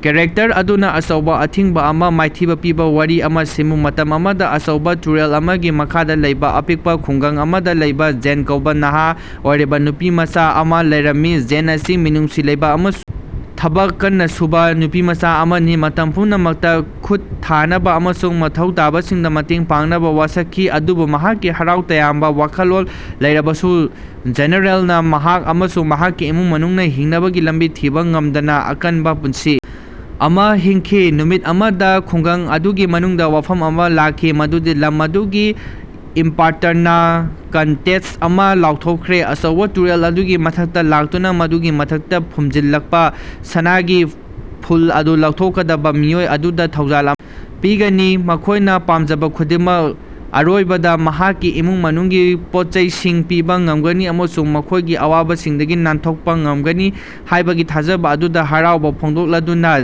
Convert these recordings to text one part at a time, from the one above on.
Character ꯑꯗꯨꯅꯥ ꯑꯆꯧꯕꯥ ꯑꯊꯤꯡꯕꯥ ꯑꯃꯥ ꯃꯥꯏꯊꯤꯕꯥ ꯄꯤꯕꯥ ꯋꯥꯔꯤ ꯑꯃꯥ ꯁꯦꯝꯃꯨ꯫ ꯃꯇꯝ ꯑꯃꯗꯥ ꯑꯆꯧꯕꯥ ꯇꯨꯔꯦꯜ ꯑꯃꯒꯤ ꯃꯈꯥꯗꯥ ꯂꯩꯕꯥ ꯑꯄꯤꯛꯄ ꯈꯨꯡꯒꯪ ꯑꯃꯗꯥ ꯂꯩꯕ ꯖꯦꯟ ꯀꯧꯕꯥ ꯅꯍꯥ ꯑꯣꯏꯔꯤꯕꯥ ꯅꯨꯄꯤꯃꯆꯥ ꯑꯃ ꯂꯩꯔꯝꯃꯤ꯫ ꯖꯦꯟ ꯑꯁꯤ ꯃꯤꯅꯨꯡꯁꯤ ꯂꯩꯕꯥ ꯑꯃꯁꯨꯡ ꯊꯕꯛ ꯀꯟꯅꯥ ꯁꯨꯕꯥ ꯅꯨꯄꯤꯃꯆꯥ ꯑꯃꯅꯤ, ꯃꯇꯝ ꯄꯨꯝꯅꯃꯛꯇꯥ ꯈꯨꯠ ꯊꯥꯅꯕꯥ ꯑꯃꯁꯨꯡ ꯃꯊꯧ ꯇꯥꯕꯁꯤꯡꯗꯥ ꯃꯇꯦꯡ ꯄꯥꯡꯅꯕꯥ ꯋꯥꯁꯛꯈꯤ꯫ ꯑꯗꯨꯕꯨ ꯃꯍꯥꯛꯀꯤ ꯍꯔꯥꯎ ꯇꯌꯥꯝꯕ ꯋꯥꯈꯜꯂꯣꯟ ꯂꯩꯔꯕꯁꯨ, ꯖꯦꯅꯔꯦꯜꯅꯥ ꯃꯍꯥꯛ ꯑꯃꯁꯨꯡ ꯃꯍꯥꯛꯀꯤ ꯏꯃꯨꯡ ꯃꯅꯨꯡꯅꯥ ꯍꯤꯡꯅꯕꯒꯤ ꯂꯝꯕꯤ ꯊꯤꯕꯥ ꯉꯝꯗꯅꯥ ꯑꯀꯟꯕꯥ ꯄꯨꯟꯁꯤ ꯑꯃꯥ ꯍꯤꯡꯈꯤ꯫ ꯅꯨꯃꯤꯠ ꯑꯃꯗꯥ ꯈꯨꯡꯒꯪ ꯑꯗꯨꯒꯤ ꯃꯅꯨꯡꯗꯥ ꯋꯥꯐꯝ ꯑꯃ ꯂꯥꯛꯈꯤ ꯃꯗꯨꯗꯤ ꯂꯝ ꯑꯗꯨꯒꯤ ꯏꯝꯄꯥꯔꯇꯔꯅꯥ ꯀꯟꯇꯦꯁꯠ ꯑꯃꯥ ꯂꯥꯎꯊꯣꯛꯈ꯭ꯔꯦ꯫ ꯑꯆꯧꯕꯥ ꯇꯨꯔꯦꯜ ꯑꯗꯨꯒꯤ ꯃꯊꯛꯇꯥ ꯂꯥꯛꯇꯨꯅꯥ ꯃꯗꯨꯒꯤ ꯃꯊꯛꯇ ꯐꯨꯝꯖꯤꯜꯂꯛꯄꯥ ꯁꯅꯥꯒꯤ ꯐꯨꯜ ꯑꯗꯨ ꯂꯧꯊꯣꯛꯀꯗꯕꯥ ꯃꯤꯑꯣꯏ ꯑꯗꯨꯗꯥ ꯊꯧꯖꯥꯜ ꯑꯃꯥ ꯄꯤꯒꯅꯤ, ꯃꯈꯣꯏꯅꯥ ꯄꯥꯝꯖꯕꯥ ꯈꯨꯗꯤꯡꯃꯛ꯫ ꯑꯔꯣꯏꯕꯗꯥ ꯃꯍꯥꯛꯀꯤ ꯏꯃꯨꯡ ꯃꯅꯨꯡꯒꯤ ꯄꯣꯠꯆꯩꯁꯤꯡ ꯄꯤꯕꯥ ꯉꯝꯒꯅꯤ ꯑꯃꯁꯨꯡ ꯃꯈꯣꯏꯒꯤ ꯑꯋꯥꯕꯁꯤꯡꯗꯒꯤ ꯅꯥꯟꯊꯣꯛꯄꯥ ꯉꯝꯒꯅꯤ ꯍꯥꯏꯕꯒꯤ ꯊꯥꯖꯕꯥ ꯑꯗꯨꯗꯥ ꯍꯔꯥꯎꯕꯥ ꯐꯣꯡꯗꯣꯛꯂꯗꯨꯅꯥ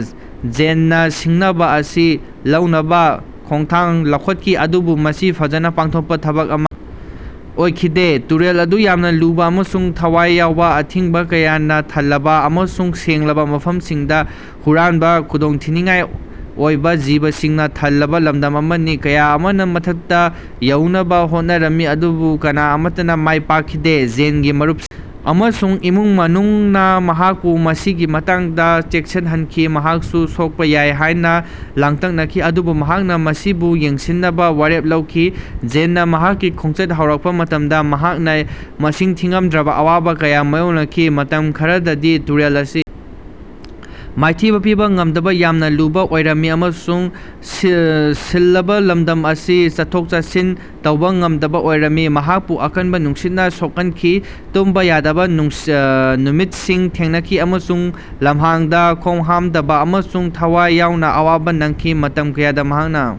ꯖꯦꯟꯅꯥ ꯁꯤꯡꯅꯕꯥ ꯑꯁꯤ ꯂꯧꯅꯕꯥ ꯈꯣꯡꯊꯥꯡ ꯂꯧꯈꯠꯈꯤ꯫ ꯑꯗꯨꯕꯨ ꯃꯁꯤ ꯐꯖꯅꯥ ꯄꯥꯡꯊꯣꯛꯄꯥ ꯊꯕꯛ ꯑꯃꯥ ꯑꯣꯏꯈꯤꯗꯦ꯫ ꯇꯨꯔꯦꯜ ꯑꯗꯨ ꯌꯥꯝꯅꯥ ꯂꯨꯕꯥ ꯑꯃꯁꯨꯡ ꯊꯋꯥꯏ ꯌꯥꯎꯕꯥ, ꯑꯊꯤꯡꯕꯥ ꯀꯌꯥꯅꯥ ꯊꯜꯂꯕꯥ ꯑꯃꯁꯨꯡ ꯁꯦꯡꯂꯕꯥ ꯃꯐꯝꯁꯤꯡꯗꯥ ꯍꯨꯔꯥꯟꯕꯥ ꯈꯨꯗꯣꯡꯊꯤꯅꯤꯡꯉꯥꯏ ꯑꯣꯏꯕꯥ ꯖꯤꯕꯁꯤꯡꯅꯥ ꯊꯜꯂꯕꯥ ꯂꯝꯗꯝ ꯑꯃꯅꯤ꯫ ꯀꯌꯥ ꯑꯃꯅꯥ ꯃꯊꯛꯇꯥ ꯌꯧꯅꯕꯥ ꯍꯣꯠꯅꯔꯝꯃꯤ ꯑꯗꯨꯕꯨ ꯀꯅꯥ ꯑꯃꯠꯇꯅꯥ ꯃꯥꯌ ꯄꯥꯛꯈꯤꯗꯦ꯫ ꯖꯦꯟꯒꯤ ꯃꯔꯨꯄꯁꯤꯡ ꯑꯃꯁꯨꯡ ꯏꯃꯨꯡ ꯃꯅꯨꯡꯅꯥ ꯃꯍꯥꯛꯄꯨ ꯃꯁꯤꯒꯤ ꯃꯇꯥꯡꯗꯥ ꯆꯦꯛꯁꯤꯟꯍꯟꯈꯤ, ꯃꯍꯥꯛꯁꯨ ꯁꯣꯛꯄꯥ ꯌꯥꯏ ꯍꯥꯏꯅꯥ ꯂꯥꯡꯇꯛꯅꯈꯤ, ꯑꯗꯨꯕꯨ ꯃꯍꯥꯛꯅꯥ ꯃꯁꯤꯕꯨ ꯌꯦꯡꯁꯤꯟꯅꯕꯥ ꯋꯥꯔꯦꯞ ꯂꯧꯈꯤ꯫ ꯖꯦꯟꯅꯥ ꯃꯍꯥꯛꯀꯤ ꯈꯣꯡꯆꯠ ꯍꯧꯔꯛꯄꯥ ꯃꯇꯝꯗ ꯃꯍꯥꯛꯅꯥ ꯃꯁꯤꯡ ꯊꯤꯉꯝꯗ꯭ꯔꯕꯥ ꯑꯋꯥꯕ ꯀꯌꯥ ꯃꯥꯌꯣꯛꯅꯈꯤ꯫ ꯃꯇꯝ ꯈꯔꯗꯗꯤ ꯇꯨꯔꯦꯜ ꯑꯁꯤ ꯃꯥꯏꯊꯤꯕꯥ ꯄꯤꯕ ꯉꯝꯗꯕ ꯌꯥꯝꯅꯥ ꯂꯨꯕꯥ ꯑꯣꯏꯔꯝꯃꯤ, ꯑꯃꯁꯨꯡ ꯁꯤꯟꯂꯕꯥ ꯂꯝꯗꯝ ꯑꯁꯤ ꯆꯠꯊꯣꯛ-ꯆꯠꯁꯤꯟ ꯇꯧꯕꯥ ꯉꯝꯗꯕꯥ ꯑꯣꯏꯔꯝꯃꯤ꯫ ꯃꯍꯥꯛꯄꯨ ꯑꯀꯟꯕꯥ ꯅꯨꯡꯁꯤꯠꯅꯥ ꯁꯣꯛꯍꯟꯈꯤ, ꯇꯨꯝꯕꯥ ꯌꯥꯗꯕꯥ ꯑ ꯅꯨꯃꯤꯠꯁꯤꯡ ꯊꯦꯡꯅꯈꯤ ꯑꯃꯁꯨꯡ ꯂꯝꯍꯥꯡꯗꯥ ꯈꯣꯡꯍꯥꯝꯗꯕꯥ ꯑꯃꯁꯨꯡ ꯊꯋꯥꯏ ꯌꯥꯎꯅ ꯑꯋꯥꯕꯥ ꯅꯪꯈꯤ꯫ ꯃꯇꯝ ꯀꯌꯥꯗ ꯃꯍꯥꯛꯅ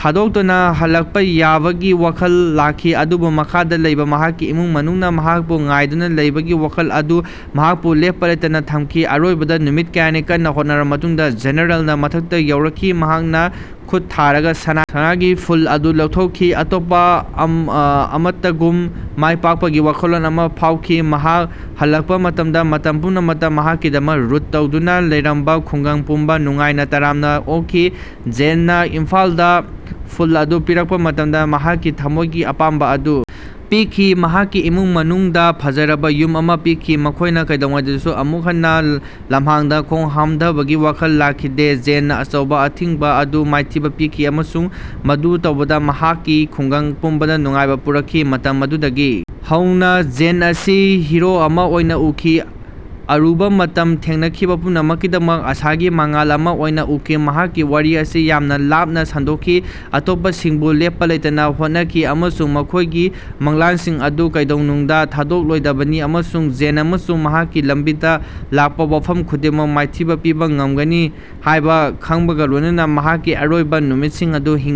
ꯊꯥꯗꯣꯛꯇꯨꯅꯥ ꯍꯜꯂꯛꯄꯥ ꯌꯥꯕꯒꯤ ꯋꯥꯈꯜ ꯂꯥꯛꯈꯤ ꯑꯗꯨꯕꯨ ꯃꯈꯥꯗꯥ ꯂꯩꯕꯥ ꯃꯍꯥꯛꯀꯤ ꯏꯃꯨꯡ ꯃꯅꯨꯡꯅꯥ ꯃꯍꯥꯛꯄꯨ ꯉꯥꯏꯗꯨꯅꯥ ꯂꯩꯕꯒꯤ ꯋꯥꯈꯜ ꯑꯗꯨ ꯃꯍꯥꯛꯄꯨ ꯂꯦꯞꯄꯥ ꯂꯩꯇꯅꯥ ꯊꯝꯈꯤ꯫ ꯑꯔꯣꯏꯕꯗ ꯅꯨꯃꯤꯠ ꯀꯌꯥꯅꯤ ꯀꯟꯅꯥ ꯍꯣꯠꯅꯔꯕꯥ ꯃꯇꯨꯡꯗꯥ ꯖꯦꯅꯔꯦꯜꯅꯥ ꯃꯊꯛꯇꯥ ꯌꯧꯔꯛꯈꯤ꯫ ꯃꯍꯥꯛꯅꯥ ꯈꯨꯠ ꯊꯥꯔꯒꯥ ꯁꯅꯥꯒꯤ ꯁꯅꯥꯒꯤ ꯐꯨꯜ ꯑꯗꯨ ꯂꯧꯊꯣꯛꯈꯤ, ꯑꯇꯣꯞꯄꯥ ꯑꯃꯠꯇꯒꯨꯝ ꯃꯥꯏꯄꯥꯛꯄꯒꯤ ꯋꯥꯈꯜꯂꯣꯟ ꯑꯃꯥ ꯐꯥꯎꯈꯤ꯫ ꯃꯍꯥꯛ ꯍꯜꯂꯛꯄꯥ ꯃꯇꯝꯗꯥ, ꯃꯇꯝ ꯄꯨꯝꯅꯃꯛꯇꯥ ꯃꯍꯥꯛꯀꯤꯗꯃꯛ ꯔꯨꯠ ꯇꯧꯗꯨꯅꯥ ꯂꯩꯔꯝꯕꯥ ꯈꯨꯡꯒꯪ ꯄꯨꯝꯕꯥ ꯅꯨꯡꯉꯥꯏꯅꯥ ꯇꯔꯥꯝꯅꯥ ꯑꯣꯛꯈꯤ꯫ ꯖꯦꯟꯅꯥ ꯏꯝꯐꯥꯜꯗꯥ ꯐꯨꯜ ꯑꯗꯨ ꯄꯤꯔꯛꯄꯥ ꯃꯇꯝꯗ ꯃꯍꯥꯛꯀꯤ ꯊꯝꯃꯣꯏꯒꯤ ꯑꯄꯥꯝꯕꯥ ꯑꯗꯨ ꯄꯤꯈꯤ꯫ ꯃꯍꯥꯛꯀꯤ ꯏꯃꯨꯡ ꯃꯅꯨꯡꯗꯥ ꯐꯖꯔꯕꯥ ꯌꯨꯝ ꯑꯃ ꯄꯤꯈꯤ, ꯃꯈꯣꯏꯅ ꯀꯩꯗꯧꯉꯩꯗꯁꯨ ꯑꯃꯨꯛ ꯍꯟꯅꯥ ꯂꯝꯍꯥꯡꯗꯥ ꯈꯣꯡ ꯍꯥꯝꯗꯕꯒꯤ ꯋꯥꯈꯜ ꯂꯥꯛꯈꯤꯗꯦ꯫ ꯖꯦꯟꯅꯥ ꯑꯆꯧꯕꯥ ꯑꯊꯤꯡꯕꯥ ꯑꯗꯨ ꯃꯥꯏꯊꯤꯕꯥ ꯄꯤꯈꯤ ꯑꯃꯁꯨꯡ ꯃꯗꯨ ꯇꯧꯕꯗꯥ ꯃꯍꯥꯛꯀꯤ ꯈꯨꯡꯒꯪ ꯄꯨꯝꯕꯗꯥ ꯅꯨꯡꯉꯥꯏꯕꯥ ꯄꯨꯔꯛꯈꯤ꯫ ꯃꯇꯝ ꯑꯗꯨꯗꯒꯤ ꯍꯧꯅꯥ ꯖꯦꯟ ꯑꯁꯤ ꯍꯤꯔꯣ ꯑꯃꯥ ꯑꯣꯏꯅꯥ ꯎꯈꯤ, ꯑꯔꯨꯕꯥ ꯃꯇꯝ ꯊꯦꯡꯅꯈꯤꯕꯥ ꯄꯨꯝꯅꯃꯛꯀꯤꯗꯃꯛ ꯑꯥꯁꯥꯒꯤ ꯃꯉꯥꯜ ꯑꯃꯥ ꯑꯣꯏꯅꯥ ꯎꯈꯤ꯫ ꯃꯍꯥꯛꯀꯤ ꯋꯥꯔꯤ ꯑꯁꯤ ꯌꯥꯝꯅꯥ ꯂꯥꯞꯅꯥ ꯁꯟꯗꯣꯛꯈꯤ, ꯑꯇꯣꯞꯄꯁꯤꯡꯕꯨ ꯂꯦꯞꯄꯥ ꯂꯩꯇꯅꯥ ꯍꯣꯠꯅꯈꯤ ꯑꯃꯁꯨꯡ ꯃꯈꯣꯏꯒꯤ ꯃꯪꯂꯥꯟꯁꯤꯡ ꯑꯗꯨ ꯀꯩꯗꯧꯅꯨꯡꯗꯥ ꯊꯥꯗꯣꯛꯂꯣꯏꯗꯕꯅꯤ꯫ ꯑꯃꯁꯨꯡ ꯖꯦꯟ ꯃꯁꯥꯃꯛ, ꯃꯍꯥꯛꯀꯤ ꯂꯝꯕꯤꯗꯥ ꯂꯥꯛꯄꯥ ꯋꯥꯐꯝ ꯈꯨꯗꯤꯡꯃꯛ ꯃꯥꯏꯊꯤꯕꯥ ꯄꯤꯕꯥ ꯉꯝꯒꯅꯤ ꯍꯥꯏꯕꯥ ꯈꯪꯕꯒꯥ ꯂꯣꯏꯅꯅ ꯃꯍꯥꯛꯀꯤ ꯑꯔꯣꯏꯕꯥ ꯅꯨꯃꯤꯠꯁꯤꯡ ꯑꯗꯨ ꯍꯤꯡꯈꯤ꯫।